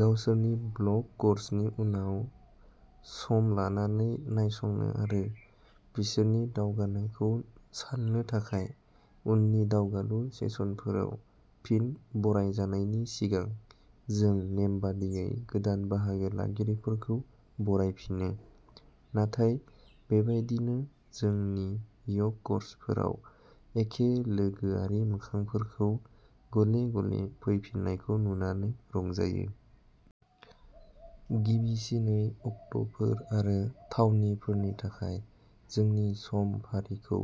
गावसोरनि ब्लक कर्सनि उनाव सम लानानै नायसंनो आरो बिसोरनि दावगानायखौ साननो थाखाय उननि दावगालु सेसनफोराव फिन बरायजानायनि सिगां जों नेमबादियै गोदान बाहागो लागिरिफोरखौ बरायफिनो। नाथाय बेबायदिनो जोंनि य'ग कर्सफोराव एखे लोगोआरि मोखांफोरखौ गले-गले फैफिन्नायखौ नुनानै रंजायो। गिबिसिनै अक्ट'फोर आरो थावनिफोरनि थाखाय जोंनि समफारिखौ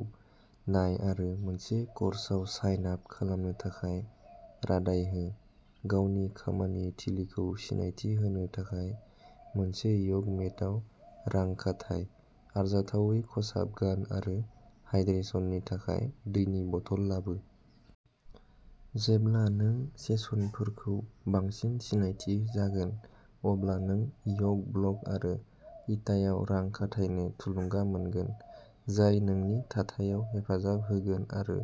नाय आरो मोनसे कर्सआव साइन आप खालामनो थाखाय रादाय हो। गावनि खामानि थिलिखौ सिनायथि होनो थाखाय मोनसे य'ग मेटआव रां खाथाय। आरजाथावै खसाब गान आरो हाइड्रेशननि थाखाय दैनि बथल लाबो। जेब्ला नों सेसनफोरजों बांसिन सिनायथि जागोन अब्ला नों य'ग ब्लक आरो इटायाव रां खाथायनो थुलुंगा मोनगोन, जाय नोंनि थाथायाव हेफाजाब होगोन आरो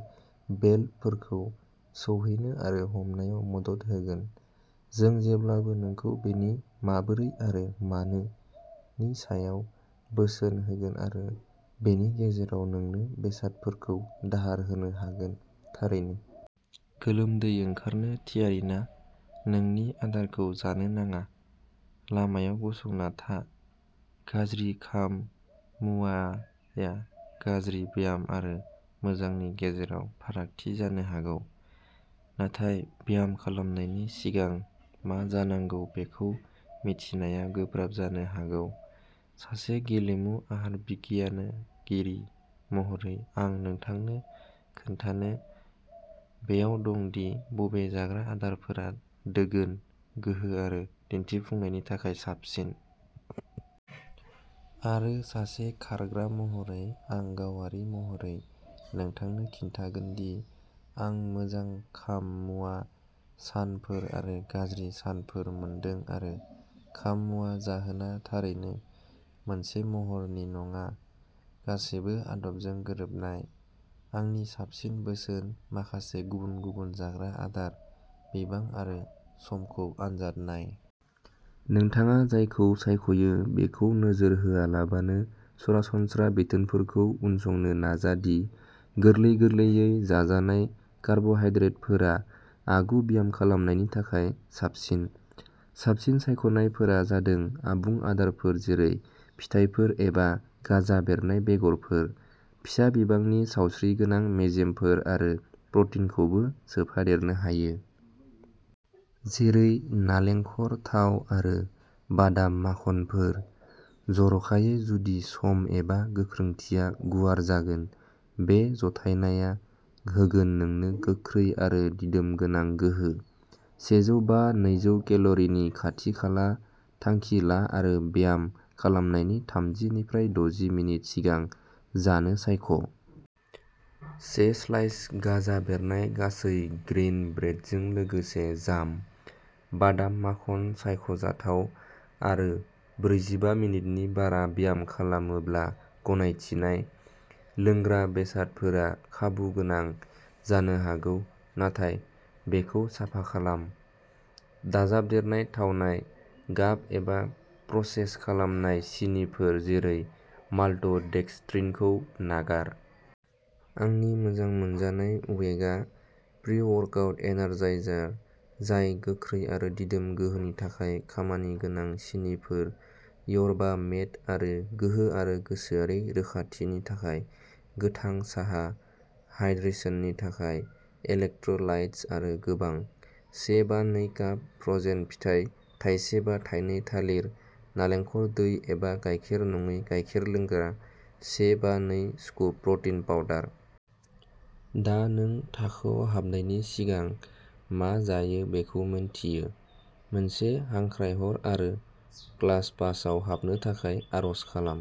बेल्टफोरखौ सौहैनो आरो हमनायाव मदद होगोन। जों जेब्लाबो नोंखौ बेनि 'माबोरै' आरो 'मानो' नि सायाव बोसोन होगोन आरो बेनि गेजेराव नोंनो बेसादफोरखौ दाहार होनो हागोन, थारैनो। गोलोमदै ओंखारनो थियारि ना? नोंनि आदारखौ जानो नाङा। लामायाव गसंना था। गाज्रि खाम-मुवाआ गाज्रि बियाम आरो मोजांनि गेजेराव फारागथि जानो हागौ। नाथाय बियाम खालामनायनि सिगां मा जानांगौ बेखौ मिथिनाया गोब्राब जानो हागौ। सासे गेलेमु आहार बिगियानगिरि महरै आं नोंथांनो खोन्थानो बेयाव दं दि बबे जाग्रा आदारफोरा दोगोन, गोहो आरो दिन्थिफुंनायनि थाखाय साबसिन। आरो सासे खारग्रा महरै आं गावारि महरै नोंथांनो खिन्थागोन दि आं मोजां खाम-मुवा सानफोर आरो गाज्रि सानफोर मोनदों आरो खाम-मुवा जाहोना थारैनो मोनसे महरनि नङा, गासैबो आदबजों गोरोबनाय। आंनि साबसिन बोसोनः माखासे गुबुन-गुबुन जाग्रा आदार, बिबां आरो समखौ आनजाद नाय। नोंथाङा जायखौ सायख'यो बेखौ नोजोर होआलाबानो सरासनस्रा बिथोनफोरखौ उनसंनो नाजा दि गोरलै- गोरलैयै जाजानाय कार्बहाइड्रेटफोरा आगु बियाम खालामनायनि थाखाय साबसिन। साबसिन सायख'नायफोरा जादों आबुं आदारफोर जेरै फिथाइफोर एबा गाजा बेरनाय बेगरफोर। फिसा बिबांनि सावस्रिगोनां मेजेमफोर आरो प्रटिनखौबो सोफादेरनो हायो। जेरै नालेंखर थाव आरो बादाम माखनफोर, जर'खायै जुदि सम एबा गोख्रोंथिया गुवार जागोन। बे जथायनाया होगोन नोंनो गोख्रै आरो दिदोम गोनां गोहो । सेजौ बा नैजौ केल'रिनि खाथि-खाला थांखि ला आरो बियाम खालामनायनि थामजि निफ्राइ दजि मिनिट सिगां जानो सायख'। से स्लाइस गाजा बेरनाय गासै ग्रेइन ब्रेडजों लोगोसे जाम, बादाम माखन सायख'जाथाव आरो ब्रैजिबा मिनिटनि बारा बियाम खालामोब्ला गनायथिनाय। लोंग्रा बेसादफोरा खाबुगोनां जानो हागौ, नाथाय बेखौ साफा खालाम। दाजाबदेरनाय थावनाय, गाब एबा प्रसेस खालामनाय सिनिफोर जेरै माल्ट'डेक्सट्रिनखौ नागार। आंनि मोजां मोनजानाय वेगा प्रीवर्कआउट एनार्जाइजार, जाय गोख्रै आरो दिदोम गोहोनि थाखाय खामानिगोनां सिनिफोर, यरबा मेट आरो गोहो आरो गोसोआरि रोखाथिनि थाखाय गोथां साहा, हाइड्रेशननि थाखाय इलेक्ट्र'लाइट्स आरो गोबां। से बा नै काप फ्र'जेन फिथाइ, थाइसे बा थाइनै थालिर, नालेंखर दै एबा गायखेर-नङै गायखेर लोंग्रा, से बा नै स्कुप प्र'टिन पाउडार। दा नों थाखोयाव हाबनायनि सिगां मा जायो बेखौ मिन्थियो, मोनसे हांख्रायहर आरो क्लासपासआव हाबनो थाखाय आर'ज खालाम।